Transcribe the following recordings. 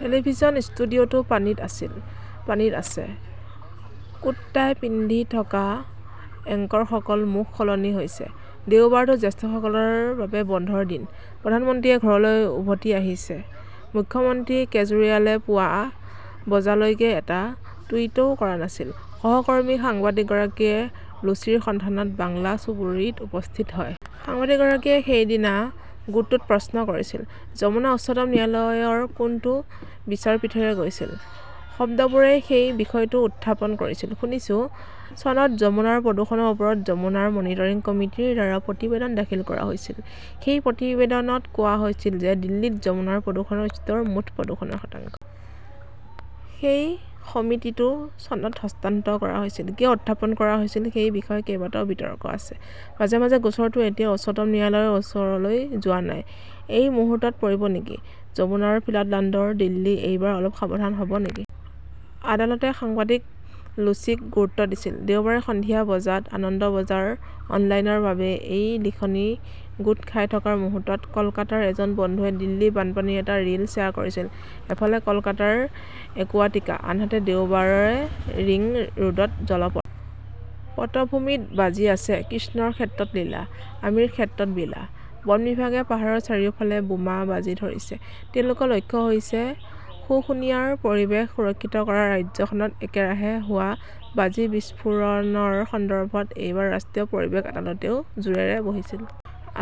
Television studio 'টো পানীত আছিল। পানীত আছে। কোট-টাই পিন্ধি থকা এংকৰসকলৰ মুখ সলনি হৈছে। দেওবাৰটো জ্যেষ্ঠসকলৰ বাবে বন্ধৰ দিন। প্ৰধানমন্ত্ৰীয়ে ঘৰলৈ উভতি আহিছে। মুখ্যমন্ত্ৰী কেজৰিৱালে পুৱা বজালৈকে এটা টুইটও কৰা নাছিল। সহকৰ্মী সাংবাদিকগৰাকীয়ে লুচিৰ সন্ধানত বাংলা চুবুৰীত উপস্থিত হয়। সাংবাদিকগৰাকীয়ে সেইদিনা গোটটোত প্ৰশ্ন কৰিছিল, যমুনা উচ্চতম ন্যায়ালয়ৰ কোনটো বিচাৰপীঠেৰে গৈছিল? শব্দবোৰে সেই বিষয়টোও উত্থাপন কৰিছিল। শুনিছোঁ, চনত যমুনাৰ প্ৰদূষণৰ ওপৰত 'যমুনা মনিটৰিং কমিটি " ৰ দ্বাৰা প্ৰতিবেদন দাখিল কৰা হৈছিল। সেই প্ৰতিবেদনত কোৱা হৈছিল যে দিল্লীত যমুনাৰ প্ৰদূষণৰ স্তৰ মুঠ প্ৰদূষণৰ শতাংশ। সেই সমিতিটো চনত হস্তান্তৰ কৰা হৈছিল। কিয় উত্থাপন কৰা হৈছিল সেই বিষয়ে কেইবাটাও বিতৰ্ক আছে। মাজে মাজে গোচৰটো এতিয়াও উচ্চতম ন্যায়ালয়ৰ ওচৰলৈ যোৱা নাই। এই মুহূৰ্তত পৰিব নেকি? যমুনা ফ্লাডল্যান্ডৰ দিল্লী এইবাৰ অলপ সাৱধান হ "ব নেকি? আদালতে সাংবাদিক লুচিক গুৰুত্ব দিছিল। দেওবাৰে সন্ধিয়া বজাত আনন্দ বজাৰ অনলাইনৰ বাবে এই লিখনি গোট খাই থকাৰ মুহূৰ্তত কলকাতাৰ এজন বন্ধুৱে দিল্লী বানপানীৰ এটা 'ৰীল "শ্বেয়াৰ কৰিছিল। এফালে কলকাতাৰ একুৱাটিকা। আনহাতে দেওবাৰে ৰিং ৰোডত জলপথ। পটভূমিত বাজি আছে, 'কৃষ্ণৰ ক্ষেত্ৰত লীলা, আমিৰ ক্ষেত্ৰত বিলা? '। বন বিভাগে পাহাৰৰ চাৰিওফালে 'বোমা "বাজি ধৰিছে, তেওঁলোকৰ লক্ষ্য হৈছে শুশুনিয়াৰ পৰিৱেশ সুৰক্ষিত কৰা ৰাজ্যখনত একেৰাহে হোৱা বাজি বিস্ফোৰণৰ সন্দৰ্ভত এইবাৰ ৰাষ্ট্ৰীয় পৰিৱেশ আদালতেও জোৰেৰে বহিছিল।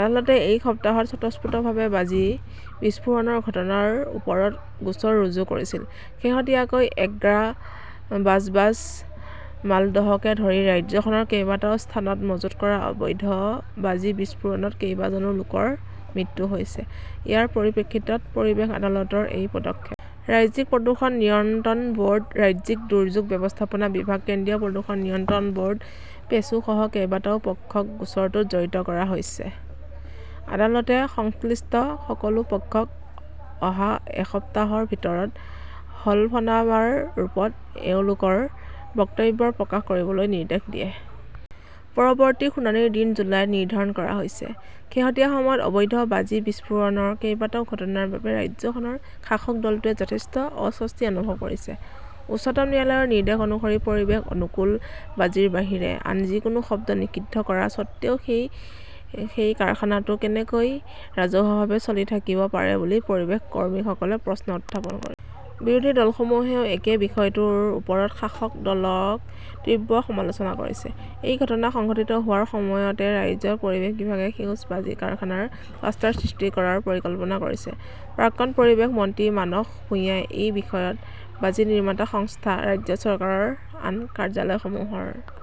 আদালতে এই সপ্তাহত স্বতঃস্ফূৰ্তভাৱে বাজি বিস্ফোৰণৰ ঘটনাৰ ওপৰত গোচৰ ৰুজু কৰিছিল। শেহতীয়াকৈ, এগ্ৰা, বাজবাজ, মালদহকে ধৰি ৰাজ্যখনৰ কেইবাটাও স্থানত মজুত কৰা অবৈধ বাজি বিস্ফোৰণত কেইবাজনো লোকৰ মৃত্যু হৈছে। ইয়াৰ পৰিপ্ৰেক্ষিতত পৰিৱেশ আদালতৰ এই পদক্ষেপ। ৰাজ্যিক প্ৰদূষণ নিয়ন্ত্ৰণ ব "ৰ্ড, ৰাজ্যিক দুৰ্যোগ ব্যৱস্থাপনা বিভাগ, কেন্দ্ৰীয় প্ৰদূষণ নিয়ন্ত্ৰণ ব" ৰ্ড, পেছো সহ কেইবাটাও পক্ষক গোচৰটোত জড়িত কৰা হৈছে। আদালতে সংশ্লিষ্ট সকলো পক্ষক অহা এসপ্তাহৰ ভিতৰত হলফনামাৰ ৰূপত তেওঁলোকৰ বক্তব্য প্ৰকাশ কৰিবলৈ নিৰ্দেশ দিয়ে। পৰৱৰ্তী শুনানিৰ দিন জুলাইত নিৰ্ধাৰণ কৰা হৈছে। শেহতীয়া সময়ত অবৈধ বাজি বিস্ফোৰণৰ কেইবাটাও ঘটনাৰ বাবে ৰাজ্যখনৰ শাসক দলটোৱে যথেষ্ট অস্বস্তি অনুভৱ কৰিছে। উচ্চতম ন্যায়ালয়ৰ নিৰ্দেশ অনুসৰি পৰিৱেশ অনুকূল বাজিৰ বাহিৰে আন যিকোনো শব্দ নিষিদ্ধ কৰা স্বত্বেও সেই কাৰখানাটো কেনেকৈ ৰাজহুৱাভাৱে চলি থাকিব পাৰে বুলি পৰিৱেশ কৰ্মীসকলে প্ৰশ্ন উত্থাপন কৰিছে। বিৰোধী দলসমূহেও একে বিষয়টোৰ ওপৰত শাসক দলক তীব্ৰ সমালোচনা কৰিছে। এই ঘটনা সংঘটিত হোৱাৰ সময়তে ৰাজ্যৰ পৰিৱেশ বিভাগে সেউজ বাজি কাৰখানাৰ ক্লাষ্টাৰ সৃষ্টি কৰাৰ পৰিকল্পনা কৰিছে। প্ৰাক্তন পৰিৱেশ মন্ত্ৰী মানস ভুঁইয়াই এই বিষয়ত বাজি নিৰ্মাতা সংস্থা, ৰাজ্য চৰকাৰৰ আন কাৰ্যালয়সমূহৰ